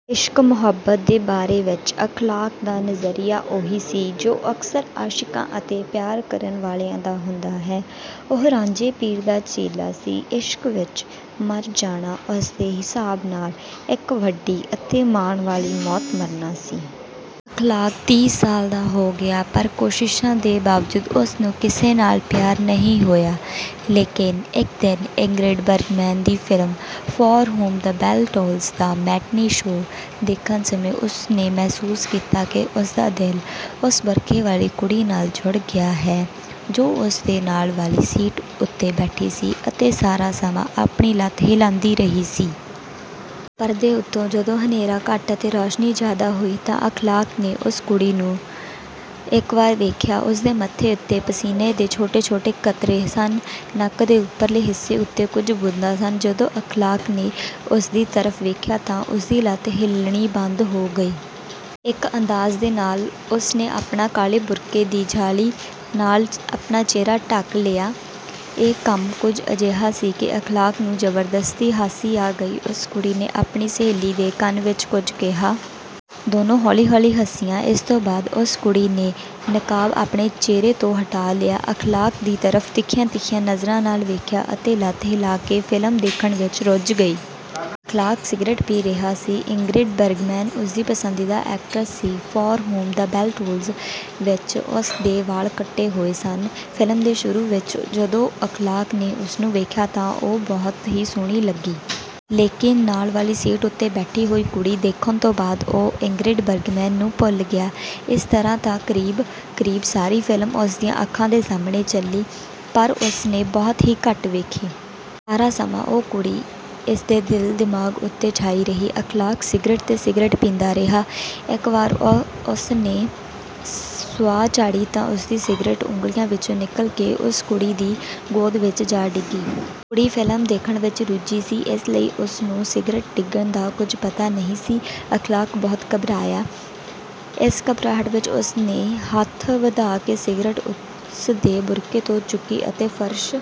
ਇਸ਼ਕ ਮੁਹੱਬਤ ਦੇ ਬਾਰੇ ਵਿੱਚ ਅਖ਼ਲਾਕ ਦਾ ਨਜ਼ਰੀਆ ਉਹੀ ਸੀ ਜੋ ਅਕਸਰ ਆਸ਼ਿਕਾਂ ਅਤੇ ਪਿਆਰ ਕਰਨ ਵਾਲਿਆਂ ਦਾ ਹੁੰਦਾ ਹੈ। ਉਹ ਰਾਂਝੇ ਪੀਰ ਦਾ ਚੇਲਾ ਸੀ। ਇਸ਼ਕ ਵਿੱਚ ਮਰ ਜਾਣਾ ਉਸਦੇ ਹਿਸਾਬ ਨਾਲ ਇੱਕ ਵੱਡੀ ਅਤੇ ਮਾਣ ਵਾਲੀ ਮੌਤ ਮਰਨਾ ਸੀ। ਅਖ਼ਲਾਕ ਤੀਹ ਸਾਲ ਦਾ ਹੋ ਗਿਆ। ਪਰ ਕੋਸ਼ਿਸ਼ਾਂ ਦੇ ਬਾਵਜੂਦ ਉਸ ਨੂੰ ਕਿਸੇ ਨਾਲ ਪਿਆਰ ਨਹੀਂ ਹੋਇਆ ਲੇਕਿਨ ਇੱਕ ਦਿਨ ਇੰਗਰਿਡ ਬਰਗਮੈਨ ਦੀ film "For Whom the Bell Tolls" ਦਾ ਮੈਟਨੀ ਸ਼ੋਅ ਦੇਖਣ ਸਮੇਂ ਉਸ ਨੇ ਮਹਿਸੂਸ ਕੀਤਾ ਕਿ ਉਸ ਦਾ ਦਿਲ ਉਸ ਬੁਰਕੇ ਵਾਲੀ ਕੁੜੀ ਨਾਲ ਜੁੜ ਗਿਆ ਹੈ ਜੋ ਉਸ ਦੇ ਨਾਲ ਵਾਲੀ ਸੀਟ ਉੱਤੇ ਬੈਠੀ ਸੀ ਅਤੇ ਸਾਰਾ ਸਮਾਂ ਆਪਣੀ ਲੱਤ ਹਿਲਾਂਦੀ ਰਹੀ ਸੀ। ਪਰਦੇ ਉੱਤੇ ਜਦੋਂ ਹਨੇਰਾ ਘੱਟ ਅਤੇ ਰੋਸ਼ਨੀ ਜ਼ਿਆਦਾ ਹੋਈ ਤਾਂ ਅਖ਼ਲਾਕ ਨੇ ਉਸ ਕੁੜੀ ਨੂੰ ਇੱਕ ਵਾਰ ਵੇਖਿਆ। ਉਸ ਦੇ ਮੱਥੇ ਉੱਤੇ ਪਸੀਨੇ ਦੇ ਛੋਟੇ ਛੋਟੇ ਕਤਰੇ ਸਨ। ਨੱਕ ਦੇ ਉੱਪਰਲੇ ਹਿੱਸੇ ਉੱਤੇ ਕੁਝ ਬੂੰਦਾਂ ਸਨ ਜਦੋਂ ਅਖ਼ਲਾਕ ਨੇ ਉਸਦੀ ਤਰਫ਼ ਦੇਖਿਆ ਤਾਂ ਉਸਦੀ ਲੱਤ ਹਿਲਣੀ ਬੰਦ ਹੋ ਗਈ। ਇੱਕ ਅੰਦਾਜ਼ ਦੇ ਨਾਲ ਉਸ ਨੇ ਆਪਣੇ ਕਾਲੇ ਬੁਰਕੇ ਦੀ ਜਾਲੀ ਨਾਲ ਆਪਣਾ ਚਿਹਰਾ ਢਕ ਲਿਆ। ਇਹ ਕੰਮ ਕੁੱਝ ਅਜਿਹਾ ਸੀ ਕਿ ਅਖ਼ਲਾਕ ਨੂੰ ਜ਼ਬਰਦਸਤੀ ਹਾਸੀ ਆ ਗਈ। ਉਸ ਕੁੜੀ ਨੇ ਆਪਣੀ ਸਹੇਲੀ ਦੇ ਕੰਨ ਵਿੱਚ ਕੁੱਝ ਕਿਹਾ। ਦੋਨੋਂ ਹੌਲੀ ਹੌਲੀ ਹੱਸੀਆਂ। ਇਸ ਤੋਂ ਬਾਅਦ ਉਸ ਕੁੜੀ ਨੇ ਨਕਾਬ ਆਪਣੇ ਚਿਹਰੇ ਤੋਂ ਹਟਾ ਲਿਆ। ਅਖ਼ਲਾਕ ਦੀ ਤਰਫ਼ ਤਿੱਖੀਆਂ ਤਿੱਖੀਆਂ ਨਜ਼ਰਾਂ ਨਾਲ ਵੇਖਿਆ ਅਤੇ ਲੱਤ ਹਿੱਲਾ ਕੇ ਫ਼ਿਲਮ ਦੇਖਣ ਵਿੱਚ ਰੁੱਝ ਗਈ। ਅਖ਼ਲਾਕ ਸਿਗਰਟ ਪੀ ਰਿਹਾ ਸੀ। ਇੰਗਰਿਡ ਬਰਗਮੈਨ ਉਸਦੀ ਪਸੰਦੀਦਾ ਐਕਟਰਸ ਸੀ। "For Whom the Bell Tolls" ਵਿੱਚ ਉਸ ਦੇ ਵਾਲ਼ ਕੱਟੇ ਹੋਏ ਸਨ। ਫ਼ਿਲਮ ਦੇ ਸ਼ੁਰੂ ਵਿੱਚ ਜਦੋਂ ਅਖ਼ਲਾਕ ਨੇ ਉਸਨੂੰ ਵੇਖਿਆ ਤਾਂ ਉਹ ਬਹੁਤ ਹੀ ਸੋਹਣੀ ਲੱਗੀ। ਲੇਕਿਨ ਨਾਲ ਵਾਲੀ ਸੀਟ ਉੱਤੇ ਬੈਠੀ ਹੋਈ ਕੁੜੀ ਦੇਖਣ ਤੋਂ ਬਾਅਦ ਉਹ ਇੰਗਰਿਡ ਬਰਗਮੈਨ ਨੂੰ ਭੁੱਲ ਗਿਆ। ਇਸ ਤਰ੍ਹਾਂ ਤਾਂ ਕਰੀਬ ਕਰੀਬ ਸਾਰੀ ਫ਼ਿਲਮ ਉਸ ਦੀਆਂ ਅੱਖਾਂ ਦੇ ਸਾਹਮਣੇ ਚਲੀ ਪਰ ਉਸ ਨੇ ਬਹੁਤ ਹੀ ਘੱਟ ਵੇਖੀ। ਸਾਰਾ ਸਮਾਂ ਉਹ ਕੁੜੀ ਇਸ ਦੇ ਦਿਲ ਦਿਮਾਗ਼ ਉੱਤੇ ਛਾਈ ਰਹੀ। ਅਖ਼ਲਾਕ ਸਿਗਰਟ ਤੇ ਸਿਗਰਟ ਪੀਂਦਾ ਰਿਹਾ। ਇੱਕ ਵਾਰ ਉਸ ਨੇ ਸੁਆਹ ਝਾੜੀ ਤਾਂ ਉਸਦੀ ਸਿਗਰਟ ਉਂਗਲੀਆਂ ਵਿੱਚੋਂ ਨਿਕਲ ਕੇ ਉਸ ਕੁੜੀ ਦੀ ਗੋਦ ਵਿੱਚ ਜਾ ਡਿੱਗੀ। ਕੁੜੀ ਫ਼ਿਲਮ ਦੇਖਣ ਵਿੱਚ ਰੁੱਝੀ ਸੀ ਇਸ ਲਈ ਉਸ ਨੂੰ ਸਿਗਰਟ ਡਿੱਗਣ ਦਾ ਕੁੱਝ ਪਤਾ ਨਹੀਂ ਸੀ। ਅਖ਼ਲਾਕ ਬਹੁਤ ਘਬਰਾਇਆ। ਇਸ ਘਬਰਾਹਟ ਵਿੱਚ ਉਸ ਨੇ ਹੱਥ ਵਧਾ ਕੇ ਸਿਗਰਟ ਉਸ ਦੇ ਬੁਰਕੇ ਤੋਂ ਚੁੱਕੀ ਅਤੇ ਫ਼ਰਸ਼